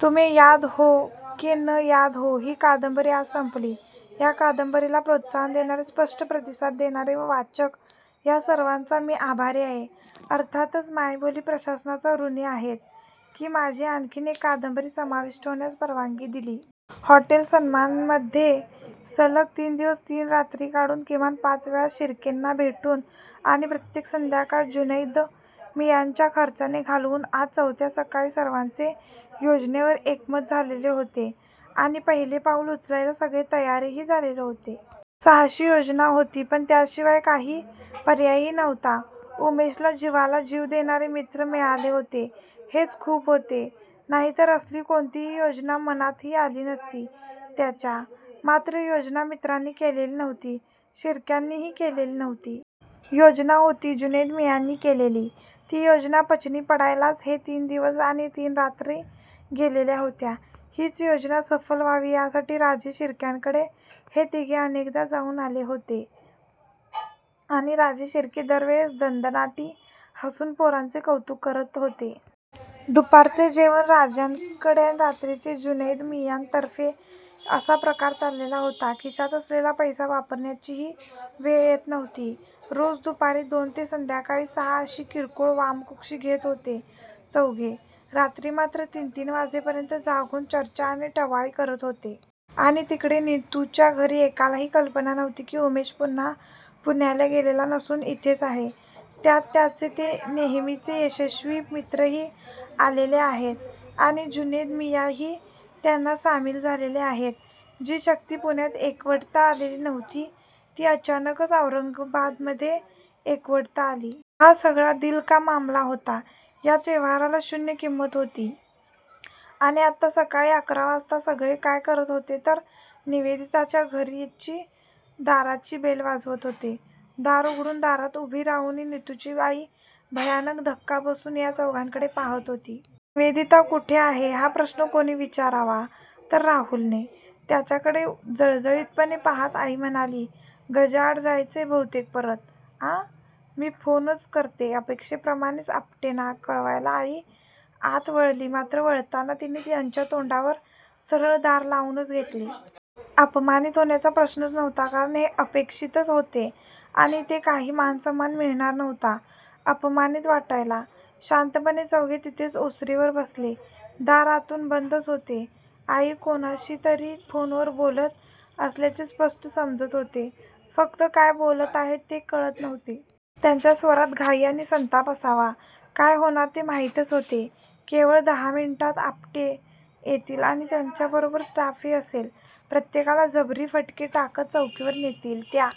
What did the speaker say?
तुम्हे याद हो के न याद हो' ही कादंबरी आज संपली. या कादंबरीला प्रोत्साहन देणारे, स्पष्ट प्रतिसाद देणारे व वाचक या सर्वांचा मी आभारी आहे. अर्थातच, मायबोली प्रशासनाचा ऋणी आहेच, की माझी आणखीन एक कादंबरी समाविष्ट होण्यास परवानगी दिली. हॉटेल सन्मानमध्ये सलग तीन दिवस तीन रात्री काढून, किमान पाच वेळा शिर्केंना भेटून आणि प्रत्येक संध्याकाळ जुनैदमियाँच्या खर्चाने घालवून आज चवथ्या सकाळी सर्वांचे योजनेवर एकमत झालेले होते आणि पहिले पाऊल उचलायला सगळे तयारही झालेले होते. साहसी योजना होती, पण त्याशिवाय काही पर्यायही नव्हता. उमेशला जीवाला जीव देणारे मित्र मिळाले होते हेच खूप होते. नाहीतर असली कोणतीही योजना मनातही आली नसती त्याच्या! मात्र योजना मित्रांनी केलेली नव्हती. शिर्क्यांनीही केलेली नव्हती! योजना होती जुनैद मियाँनी केलेली! ती योजना पचनी पडायलाच हे तीन दिवस आणि तीन रात्री गेलेल्या होत्या. हीच योजना सफल व्हावी यासाठी राजे शिर्क्यांकडे हे तिघे अनेकदा जाऊन आले होते. आणि राजे शिर्के दरवेळेस दणदणाटी हसून पोरांचे कौतुक करत होते. दुपारचे जेवण राज्यांकडे आणि रात्रीचे जुनैदमियाँतर्फे असा प्रकार चाललेला होता. खिशात असलेला पैसा वापरण्याचीही वेळ येत नव्हती. रोज दुपारी दोन ते संध्याकाळी सहा अशी किरकोळ वामकुक्षी घेत होते चौघे! रात्री मात्र तीन तीन वाजेपर्यंत जागून चर्चा आणि टवाळी करत होते. आणि तिकडे नितुच्या घरी एकालाही कल्पना नव्हती की उमेश पुन्हा पुण्याला गेलेला नसून इथेच आहे. त्यात त्याचे ते नेहमीचे यशस्वी मित्रही आलेले आहेत आणि जुनैद मियाँही त्यांना सामील झालेले आहेत. जी शक्ती पुण्यात एकवटता आलेली नव्हती ती अचानकच औरंगाबादमध्ये एकवटता आली. हा सगळा दिल का मामला होता. यात व्यवहाराला शून्य किंमत होती. आणि आत्ता सकाळी अकरा वाजता सगळे काय करत होते तर निवेदिताच्या घराच्या दाराची बेल वाजवत होते. दार उघडून दारात उभी राहून नितुची आई भयानक धक्का बसून या चौघांकडे पाहात होती. निवेदिता कुठे आहे? हा प्रश्न कोणी विचारावा? तर राहुलने! त्याच्याकडे जळजळीतपणे पाहात आई म्हणाली. गजाआड जायचंय बहुतेक परत? आं?? मी फोनच करते अपेक्षेप्रमाणेच आपटेंना कळवायला आई आत वळली मात्र वळताना तिने यांच्या तोंडावर सरळ दार लावूनच घेतले. अपमानीत होण्याचा प्रश्नच नव्हता कारण हे अपेक्षितच होते आणि इथे काही मानसन्मान मिळणार नव्हता अपमानीत वाटायला! शांतपणे चौघे तिथेच ओसरीवर बसले. दार आतून बंदच होते. आई कोणाशीतरी फोनवर बोलत असल्याचे स्पष्ट समजत होते, फक्त काय बोलत आहेत ते कळत नव्हते. त्यांच्या स्वरात घाई आणि संताप असावा! काय होणार ते माहीतच होते. केवळ दहा मिनिटांत आपटे येतील आणि त्यांच्याबरोबर स्टाफही असेल! प्रत्येकाला जबरी फटके टाकत चौकीवर नेतील. त्या